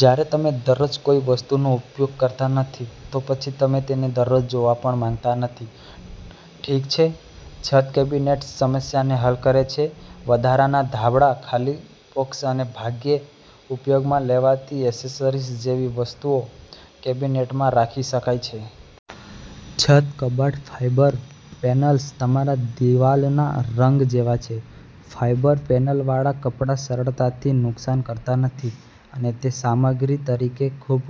જ્યારે તમે દરરોજ કોઈ વસ્તુનો ઉપયોગ કરતા નથી, તો પછી તમે તેને દરરોજ જોવા પણ માંગતા નથી. ઠીક છે, છત કેબિનેટ્સ સમસ્યાને હલ કરે છે. વધારાના ધાબળા, ખાલી બોક્સ અને ભાગ્યે ઉપયોગમાં લેવાતી એસેસરીઝ જેવી વસ્તુઓ કેબિનેટમાં રાખી શકાય છે. છત કબાટ. ફાઇબર પેનલ્સ તમારા દિવાલના રંગ જેવા છે. ફાઈબર પેનલવાળા કપડા સરળતાથી નુકસાન કરતા નથી, અને તે સામગ્રી તરીકે ખૂબ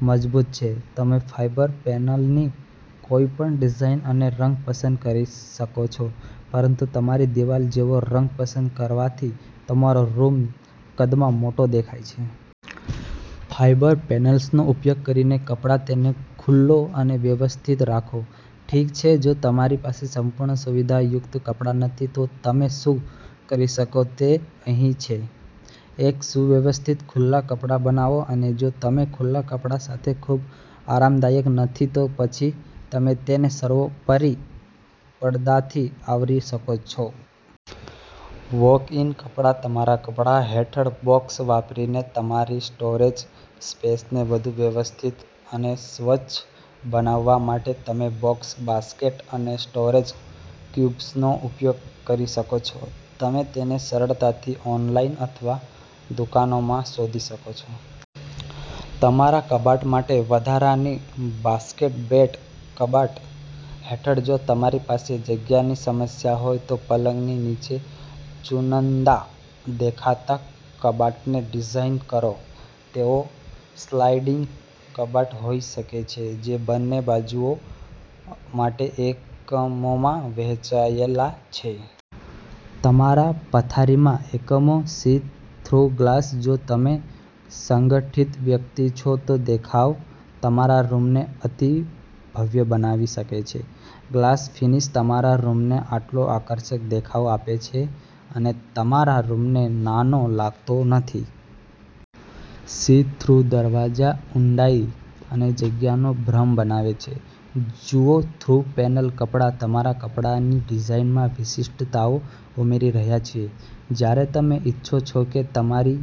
મજબૂત છે. તમે ફાઇબર પેનલની કોઈપણ ડિઝાઇન અને રંગ પસંદ કરી શકો છો, પરંતુ તમારી દિવાલ જેવો રંગ પસંદ કરવાથી તમારો રૂમ કદમાં મોટો દેખાય છે. ફાઇબર પેનલ્સનો ઉપયોગ કરીને કપડા. તેને ખુલ્લો અને વ્યવસ્થિત રાખો. ઠીક છે, જો તમારી પાસે સંપૂર્ણ સુવિધાયુક્ત કપડા નથી, તો તમે શું કરી શકો તે અહીં છે. એક સુવ્યવસ્થિત ખુલ્લા કપડા બનાવો. અને જો તમે ખુલ્લા કપડા સાથે ખૂબ આરામદાયક નથી, તો પછી તમે તેને સર્વોપરી પડદાથી આવરી શકો છો. વૉક-ઇન કપડા. તમારા કપડા હેઠળ બોક્સ વાપરીને તમારી સ્ટોરેજ સ્પેસને વધુ વ્યવસ્થિત અને સ્વચ્છ બનાવવા માટે, તમે બોક્સ, બાસ્કેટ અને સ્ટોરેજ ક્યુબ્સનો ઉપયોગ કરી શકો છો. તમે તેને સરળતાથી ઑનલાઇન અથવા દુકાનોમાં શોધી શકો છો. તમારા કબાટ માટે વધારાની બાસ્કેટ. બેડ કબાટ હેઠળ. જો તમારી પાસે જગ્યાની સમસ્યા હોય, તો પલંગની નીચે ચુનંદા દેખાતા કબાટને ડિઝાઇન કરો. તેઓ સ્લાઇડિંગ કબાટ હોઈ શકે છે, જે બંને બાજુઓ માટે એકમોમાં વહેંચાયેલા છે. તમારા પથારીમાં એકમો. See through glass. જો તમે સંગઠિત વ્યક્તિ છો, તો દેખાવ તમારા રૂમને અતિ ભવ્ય બનાવી શકે છે. ગ્લાસ ફિનિશ તમારા રૂમને આટલો આકર્ષક દેખાવ આપે છે અને તમારા રૂમને નાનો લાગતો નથી. સી-થ્રુ દરવાજા ઊંડાઈ અને જગ્યાનો ભ્રમ બનાવે છે. જુઓ-થ્રુ પેનલ કપડા. તમારા કપડાની ડિઝાઇનમાં વિશિષ્ટતાઓ ઉમેરી રહ્યા છીએ. જ્યારે તમે ઇચ્છો છો કે તમારી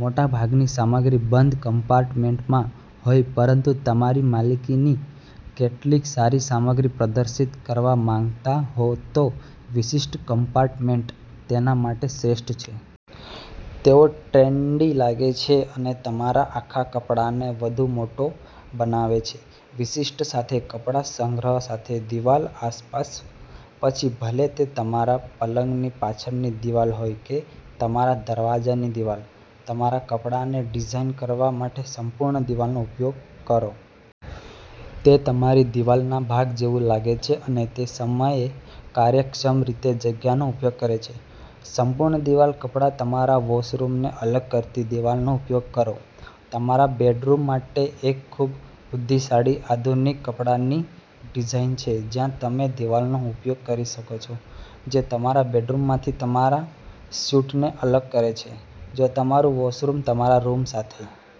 મોટાભાગની સામગ્રી બંધ કમ્પાર્ટમેન્ટમાં હોય પરંતુ તમારી માલિકીની કેટલીક સારી સામગ્રી પ્રદર્શિત કરવા માંગતા હો, તો વિશિષ્ટ કમ્પાર્ટમેન્ટ તેના માટે શ્રેષ્ઠ છે. તેઓ ટ્રેન્ડી લાગે છે અને તમારા આખા કપડાને વધુ મોટો બનાવે છે. વિશિષ્ટ સાથે કપડા. સંગ્રહ સાથે દિવાલ આસપાસ. પછી ભલે તે તમારા પલંગની પાછળની દિવાલ હોય કે તમારા દરવાજાની દિવાલ, તમારા કપડાને ડિઝાઇન કરવા માટે સંપૂર્ણ દિવાલનો ઉપયોગ કરો. તે તમારી દિવાલના ભાગ જેવું લાગે છે અને તે સમયે કાર્યક્ષમ રીતે જગ્યાનો ઉપયોગ કરે છે. સંપૂર્ણ દિવાલ કપડા. તમારા વૉશરૂમને અલગ કરતી દિવાલનો ઉપયોગ કરો. તમારા બેડરૂમ માટે એક ખૂબ બુદ્ધિશાળી આધુનિક કપડાની ડિઝાઇન છે, જ્યાં તમે દિવાલનો ઉપયોગ કરી શકો છો જે તમારા બેડરૂમમાંથી તમારા સ્યુટને અલગ કરે છે. જો તમારું વૉશરૂમ તમારા રૂમ સાથે